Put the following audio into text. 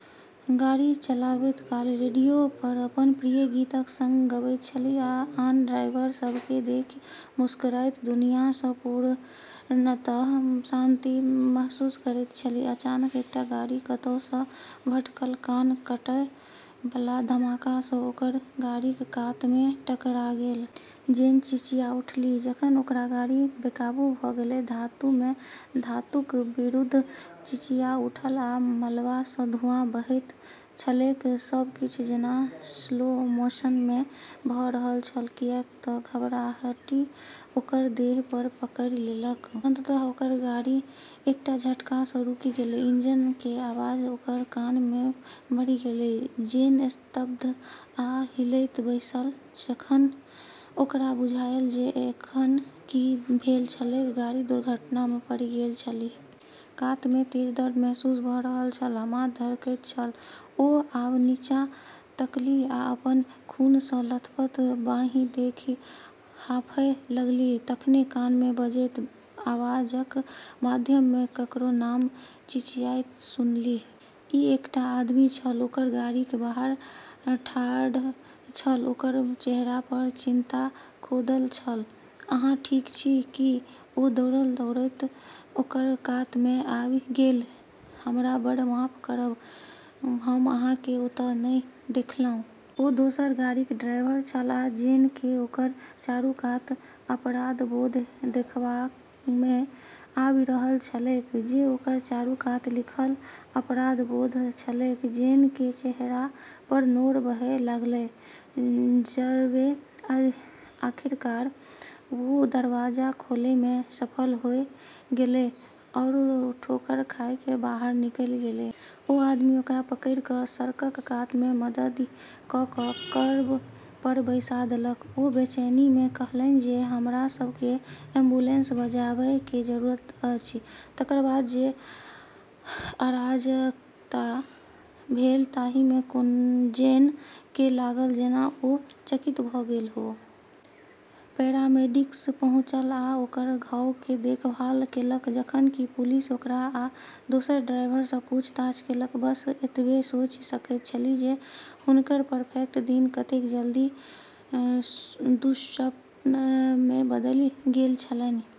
गाड़ी चलाबैत काल रेडियो पर अपन प्रिय गीतक संग गबैत छलीह आ आन ड्राइवर सभकेँ देखि मुस्कुराइत दुनियाँसँ पूर्णतः शांति महसूस करैत छलीह। अचानक एकटा गाड़ी कतहु सँ भटकल, कान कटय बला धमाका सँ ओकर गाड़ीक कात मे टकरा गेल। जेन चिचिया उठलीह जखन ओकर गाड़ी बेकाबू भ गेलै, धातु मे धातुक विरुद्ध चिचिया उठल आ मलबा सँ धुँआ बहैत छलैक। सब किछु जेना स्लो मोशन मे भ रहल छल किएक त घबराहटि ओकर देह पर पकड़ि लेलक। अंततः ओकर गाड़ी एकटा झटका सँ रुकि गेलै, इंजन के आवाज ओकर कान मे मरि गेलै। जेन स्तब्ध आ हिलैत बैसल, जखन ओकरा बुझायल जे एखन की भेल छलैक। गाड़ी दुर्घटना मे पड़ि गेल छलीह। कात मे तेज दर्द महसूस भ रहल छल आ माथ धड़कैत छल। ओ आब नीचाँ तकलीह आ अपन खूनसँ लथपथ बाँहि देखि हांफय लगलीह। तखने कान मे बजैत आवाजक माध्यमे ककरो नाम चिचियाइत सुनलीह। ई एकटा आदमी छल, ओकर गाड़ीक बाहर ठाढ़ छल, ओकर चेहरा पर चिन्ता खोदल छल। "अहाँ ठीक छी की? " ओ दौड़ल-दौड़ैत ओकर कात मे आबि गेल। "हमरा बड्ड माफ करब, हम अहाँ केँ ओत' नहि देखलहुँ! " ओ दोसर गाड़ीक ड्राइवर छल आ जेन केँ ओकर चारू कात अपराधबोध देखबा मे आबि रहल छलैक जे ओकर चारू कात लिखल अपराधबोध छलैक। जेन के चेहरा पर नोर बहय लागलै, जबेॅ आखिरकार वू दरवाजा खोलै में सफल होय गेलै आरो ठोकर खाय केॅ बाहर निकली गेलै। ओ आदमी ओकरा पकड़ि क' सड़कक कात मे मददि क' क' कर्ब पर बैसा देलक। ओ बेचैनी मे कहलनि जे, हमरा सब के एम्बुलेंस बजाबय के जरूरत अछि। तकर बाद जे अराजकता भेल ताहि मे जेन केँ लागल जेना ओ चकित भ' गेल हो। पैरामेडिक्स पहुंचल आ ओकर घाव के देखभाल केलक जखन कि पुलिस ओकरा आ दोसर ड्राइवर सं पूछताछ केलक। बस एतबे सोचि सकैत छलीह जे हुनकर परफेक्ट दिन कतेक जल्दी दुःस्वप्न मे बदलि गेल छलनि।